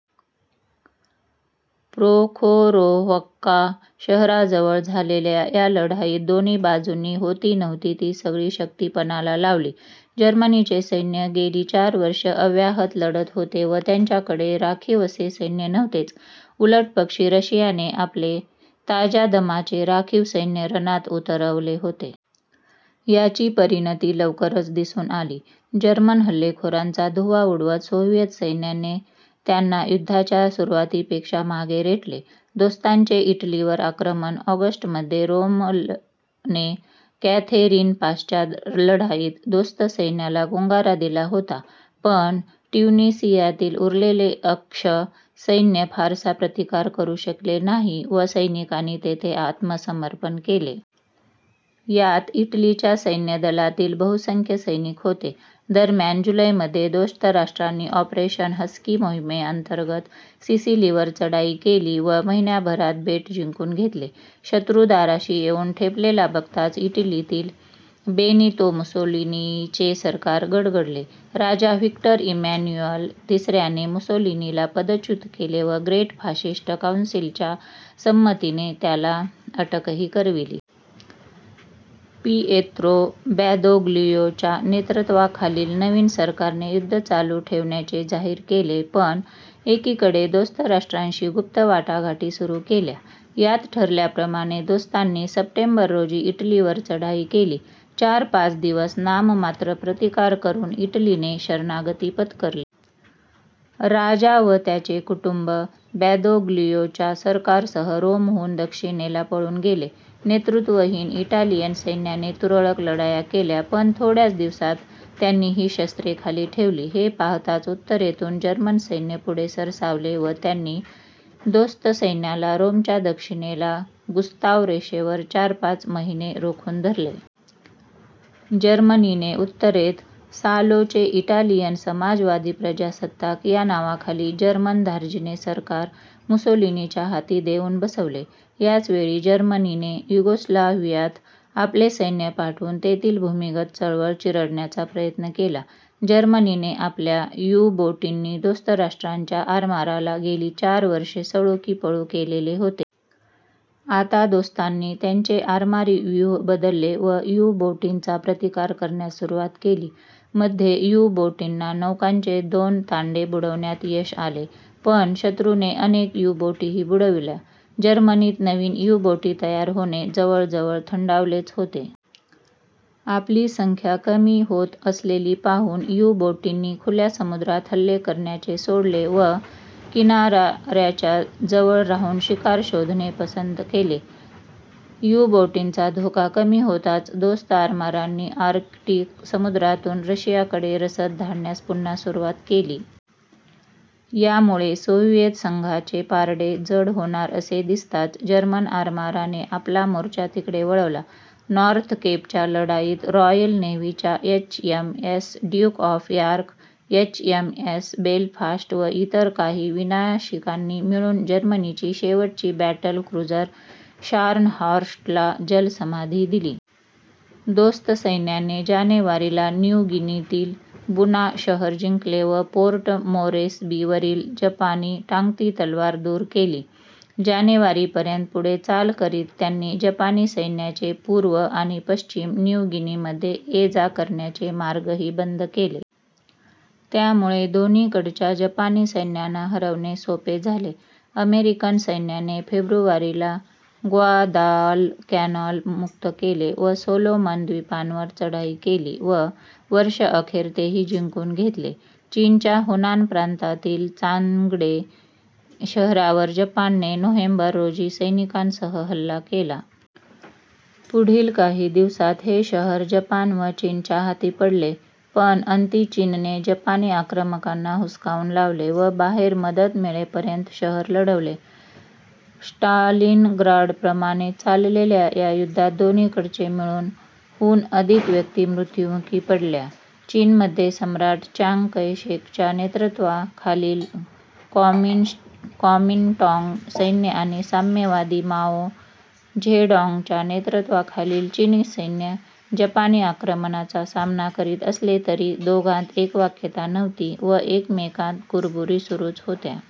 Prokhorovka शहराजवळ झालेल्या या लढाईत दोन्ही बाजूंनी होतीनव्हती ती सगळी शक्ती पणाला लावली. जर्मनीचे सैन्य गेली चार वर्षे अव्याहत लढत होते व त्यांच्याकडे राखीव असे सैन्य नव्हतेच. उलटपक्षी रशियाने आपले ताज्या दमाचे राखीव सैन्य रणात उतरवले होते. याची परिणती लवकरच दिसून आली. जर्मन हल्लेखोरांचा धुव्वा उडवत सोव्हिएत सैन्याने त्यांना युद्धाच्या सुरुवातीपेक्षा मागे रेटले. दोस्तांचे इटलीवर आक्रमण ऑगस्ट मध्ये रोमेलने कॅथेरीन पासच्या लढाईत दोस्त सैन्याला गुंगारा दिला होता पण ट्युनिसियातील उरलेले अक्ष सैन्य फारसा प्रतिकार करू शकले नाही व सैनिकांनी तेथे आत्मसमर्पण केले. यात इटलीच्या सैन्यदलातील बहुसंख्य सैनिक होते. दरम्यान जुलैमध्ये दोस्त राष्ट्रांनी ऑपरेशन हस्की मोहीमेंतर्गत सिसिलीवर चढाई केली व महिन्याभरात बेट जिंकून घेतले. शत्रु दाराशी येऊन ठेपलेला बघताच इटलीतील बेनितो मुसोलिनीचे सरकार गडगडले. राजा व्हिक्टर इम्मॅन्युएल तिसऱ्याने मुसोलिनीला पदच्युत केले व ग्रेट फाशिस्ट काउन्सिलच्या संमतीने त्याला अटकही करवली. पीयेत्रो बॅदोग्लियोच्या नेतृत्वाखालील नवीन सरकारने युद्ध चालू ठेवण्याचे जाहीर केले पण एकीकडे दोस्त राष्ट्रांशी गुप्त वाटाघाटी सुरू केल्या. यात ठरल्याप्रमाणे दोस्तांनी सप्टेंबर रोजी इटलीवर चढाई केली. चार-पाच दिवस नाममात्र प्रतिकार करून इटलीने शरणागती पत्करली. राजा व त्याचे कुटुंब बॅदोग्लियोच्या सरकारसह रोमहून दक्षिणेला पळून गेले. नेतृत्वहीन इटालियन सैन्याने तुरळक लढाया केल्या पण थोड्याच दिवसांत त्यांनीही शस्त्रे खाली ठेवली. हे पाहताच उत्तरेतून जर्मन सैन्य पुढे सरसावले व त्यांनी दोस्त सैन्याला रोमच्या दक्षिणेला गुस्ताव रेषेवर चार-पाच महिने रोखून धरले. जर्मनीने उत्तरेत सालोचे इटालियन समाजवादी प्रजासत्ताक या नावाखाली जर्मनधार्जिणे सरकार मुसोलिनीच्या हाती देऊन बसवले. याचवेळी जर्मनीने युगोस्लाव्हियात आपले सैनिक पाठवून तेथील भूमिगत चळवळ चिरडण्याचा प्रयत्न केला. जर्मनीने आपल्या यु-बोटींनी दोस्त राष्ट्रांच्या आरमाराला गेली चार वर्षे सळो की पळो केलेले होते. आता दोस्तांनी त्यांचे आरमारी व्यूह बदलले व यु-बोटींचा प्रतिकार करण्यास सुरुवात केली. मध्ये यु-बोटींना नौकांचे दोन तांडे बुडवण्यात यश आले पण शत्रूने अनेक यु-बोटीही बुडवल्या. जर्मनीत नवीन यु-बोटी तयार होणे जवळजवळ थंडावलेच होते. आपली संख्या कमी होत असलेली पाहून यु-बोटींनी खुल्या समुद्रात हल्ले करण्याचे सोडले व किनाराऱ्याच्या जवळ राहून शिकार शोधणे पसंत केले. यु-बोटींचा धोका कमी होताच दोस्त आरमारांनी आर्क्टिक समुद्रातून रशियाकडे रसद धाडण्यास पुनः सुरुवात केली. यामुळे सोव्हिएत संघाचे पारडे जड होणार असे दिसताच जर्मन आरमाराने आपला मोर्चा तिकडे वळवला. नॉर्थ केपच्या लढाईत रॉयल नेव्हीच्या H. M. S. Duke of York, H. M. S. Belfast व इतर काही विनाशिकांनी मिळून जर्मनीची शेवटची बॅटल क्रुझर शार्नहॉर्स्टला जलसमाधि दिली. दोस्त सैन्याने जानेवारी ला न्यू गिनीतील बुना शहर जिंकले व पोर्ट मोरेस्बीवरील जपानी टांगती तलवार दूर केली. जानेवारी पर्यंत पुढे चाल करीत त्यांनी जपानी सैन्याचे पूर्व आणि पश्चिम न्यू गिनीमध्ये ये-जा करण्याचे मार्गही बंद केले. त्यामुळे दोन्हीकडच्या जपानी सैन्यांना हरवणे सोपे झाले. अमेरिकन सैन्याने फेब्रुवारी ला ग्वादालकॅनाल मुक्त केले व सोलोमन द्वीपांवर चढाई केली व वर्षअखेर तेही जिंकून घेतले. चीनच्या हुनान प्रांतातील चांग्डे शहरावर जपानने नोव्हेंबर, रोजी सैनिकांसह हल्ला केला. पुढील काही दिवसांत हे शहर जपान व चीनच्या हाती पडले पण अंती चीनने जपानी आक्रमकांना हुसकावून लावले व बाहेरून मदत मिळेपर्यंत शहर लढवले. स्टालिनग्राडप्रमाणे चाललेल्या या युद्धात दोन्हीकडचे मिळून, हून अधिक व्यक्ती मृत्युमुखी पडल्या चीनमध्ये सम्राट च्यांग कै-शेकच्या नेतृत्वाखालील कॉमिन्टांग सैन्य आणि साम्यवादी माओ झेडॉॅंगच्या नेतृत्वाखालील चीनी सैन्य जपानी आक्रमणाचा सामना करीत असले तरी दोघांत एकवाक्यता नव्हती व एकमेकांत कुरबुरी सुरूच होत्या.